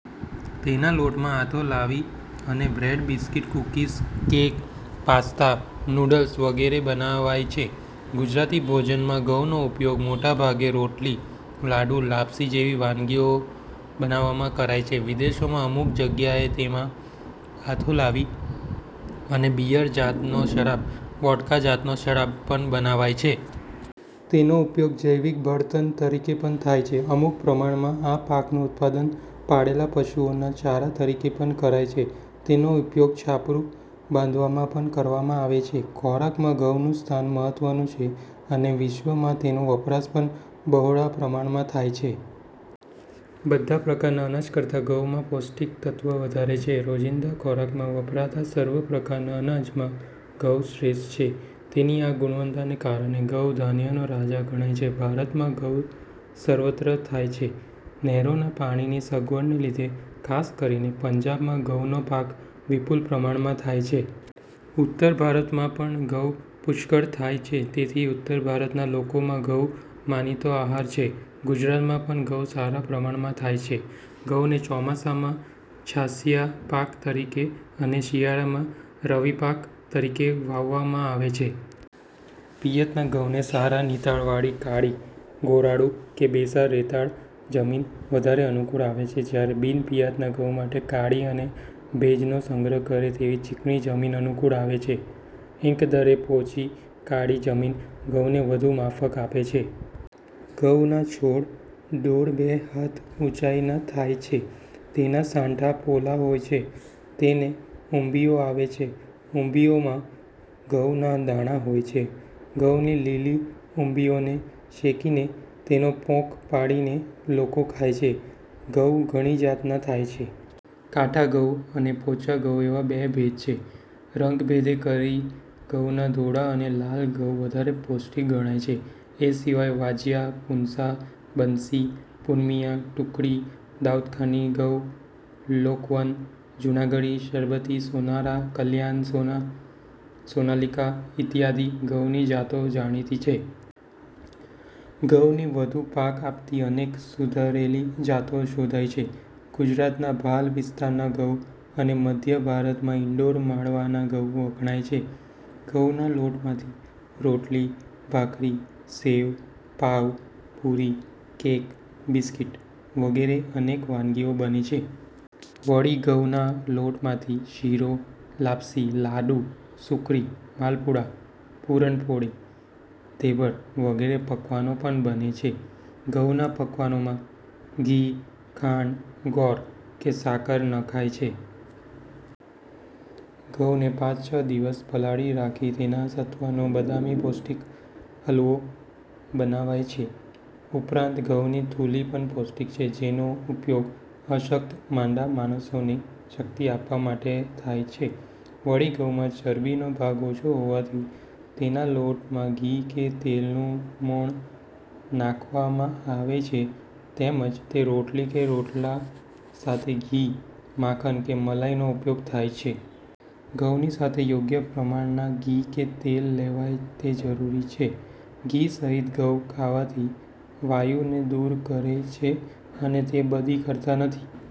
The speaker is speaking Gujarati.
તેના લોટમાં આથો લાવી અને bread, biscuit, cookies, cake, pasta, noodles વગેરે બનાવાય છે. ગુજરાતી ભોજનમાં ઘઉંનો ઉપયોગ મોટા ભાગે રોટલી, લાડુ, લાપસી જેવી વાનગીઓ બનાવવામાં કરાય છે. વિદેશોમાં અમુક જગ્યાએ તેમાં આથો લાવી અને બિયર જાતનો શરાબ, વોડકા જાતનો શરાબ, પણ બનાવાય છે. તેનો ઉપયોગ જૈવિક બળતણ તરીકે પણ થાય છે. અમુક પ્રમાણમાં આ પાકનું ઉત્પાદન પાળેલા પશુઓના ચારા તરીકે પણ કરાય છે. તેનો ઉપયોગ છાપરું બાંધવામાં પણ કરવામાં આવે છે. ખોરાકમાં ઘઉંનું સ્થાન મહત્ત્વનું છે અને વિશ્વમાં તેનો વપરાશ પણ બહોળા પ્રમાણમાં થાય છે. બધા પ્રકારના અનાજ કરતાં ઘઉંમાં પૌષ્ટિક તત્વ વધારે છે. રોજિંદા ખોરાકમાં વપરાતા સર્વ પ્રકારના અનાજમાં ઘઉં શ્રેષ્ઠ છે. તેની આ ગુણવત્તાને કારણે ઘઉં ધાન્યનો રાજા ગણાય છે. ભારતમાં ઘઉં સર્વત્ર થાય છે. નહેરોના પાણીની સગવડને લીધે ખાસ કરીને પંજાબમાં ઘઉંનો પાક વિપુલ પ્રમાણમાં થાય છે. ઉત્તર ભારતમાં પણ ઘઉં પુષ્કળ થાય છે તેથી ઉત્તર ભારતના લોકોમાં ઘઉં માનીતો આહાર છે. ગુજરાતમાં પણ ઘઉં સારા પ્રમાણમાં થાય છે. ઘઉંને ચોમાસામાં છાશિયા પાક તરીકે અને શિયાળામાં રવિપાક તરીકે વાવવામાં આવે છે. પિયતના ઘઉંને સારા નિતારવાળી કાળી, ગોરાડું કે બેસર રેતાળ જમીન વધારે અનુકૂળ આવે છે, જ્યારે બિન-પિયત ના ઘઉં માટે કાળી અને ભેજનો સંગ્રહ કરે તેવી ચીકણી જમીન અનુકૂળ આવે છે. એકદરે પોચી કાળી જમીન ઘઉંને વધુ માફક આવે છે. ઘઉંના છોડ દોઢ-બે હાથ ઊંચાઈના થાય છે. તેના સાંઢા પોલા હોય છે. તેને ઉંબીઓ આવે છે. ઉંબીઓમાં ઘઉંના દાણા હોય છે. ઘઉંની લીલી ઉંબીઓને શેકીને તેનો પોંક પાડીને લોકો ખાય છે. ઘઉં ઘણી જાતના થાય છે. કાઠા ઘઉં અને પોચા ઘઉં એવા બે ભેદ છે. રંગભેદે કરી ઘઉંના ધોળા અને લાલ ઘઉં વધારે પૌષ્ટિક ગણાય છે. એ સિવાય વાજિયા, પૂંસા, બન્સી, પૂનમિયા, ટુકડી, દાઉદખાની ઘઉં, લોક વન, જૂનાગઢી, સરબતી, સોનારા, કલ્યાણ સોના, સોનાલીકા ઈત્યાદિ ઘઉંની જાતો જાણીતી છે. ઘઉંની વધુ પાક આપતી અનેક સુધારેલી જાતો શોધાઈ છે. ગુજરાતના ભાલ વિસ્તારના ઘઉં અને મધ્ય ભારતમાં ઇન્દૌર માળવાના ઘઉં વખણાય છે. ઘઉંના લોટમાંથી રોટલી, ભાખરી, સેવ, પાઉં, પૂરી, કેક, બિસ્કીટ વગેરે અનેક વાનગીઓ બને છે. વળી ઘઉંના લોટમાંથી શીરો, લાપશી, લાડુ, સુખડી, માલપુડા, પૂરણ પોળી, ઘેબર વગેરે પકવાનો પણ બને છે. ઘઉના પકવાનોમાં ઘી, ખાંડ, ગોળ કે સાકર નંખાય છે. ઘઉંને પાંચ-છ દિવસ પલાળી રાખી તેના સત્વનો બદામી પૌષ્ટિક હલવો બનાવાય છે. ઉપરાંત ઘઉંની થૂલી પણ પૌષ્ટિક છે. જેનો ઉપયોગ અશક્ત- માંદા માણસોને શક્તિ આપવા માટે થાય છે. વળી ઘઉંમાં ચરબીનો ભાગ ઓછો હોવાથી તેના લોટમાં ઘી કે તેલનું મોંણ નાખવામાં આવે છે તેમજ તે રોટલી કે રોટલા સાથે ઘી, માખણ કે મલાઈનો ઉપયોગ થાય છે. ઘઉંની સાથે યોગ્ય પ્રમાણના ઘી કે તેલ લેવાય તે જરૂરી છે. ઘી સહિત ઘઉં ખાવાથી વાયુ ને દૂર કરે છે અને તે બદી કરતા નથી.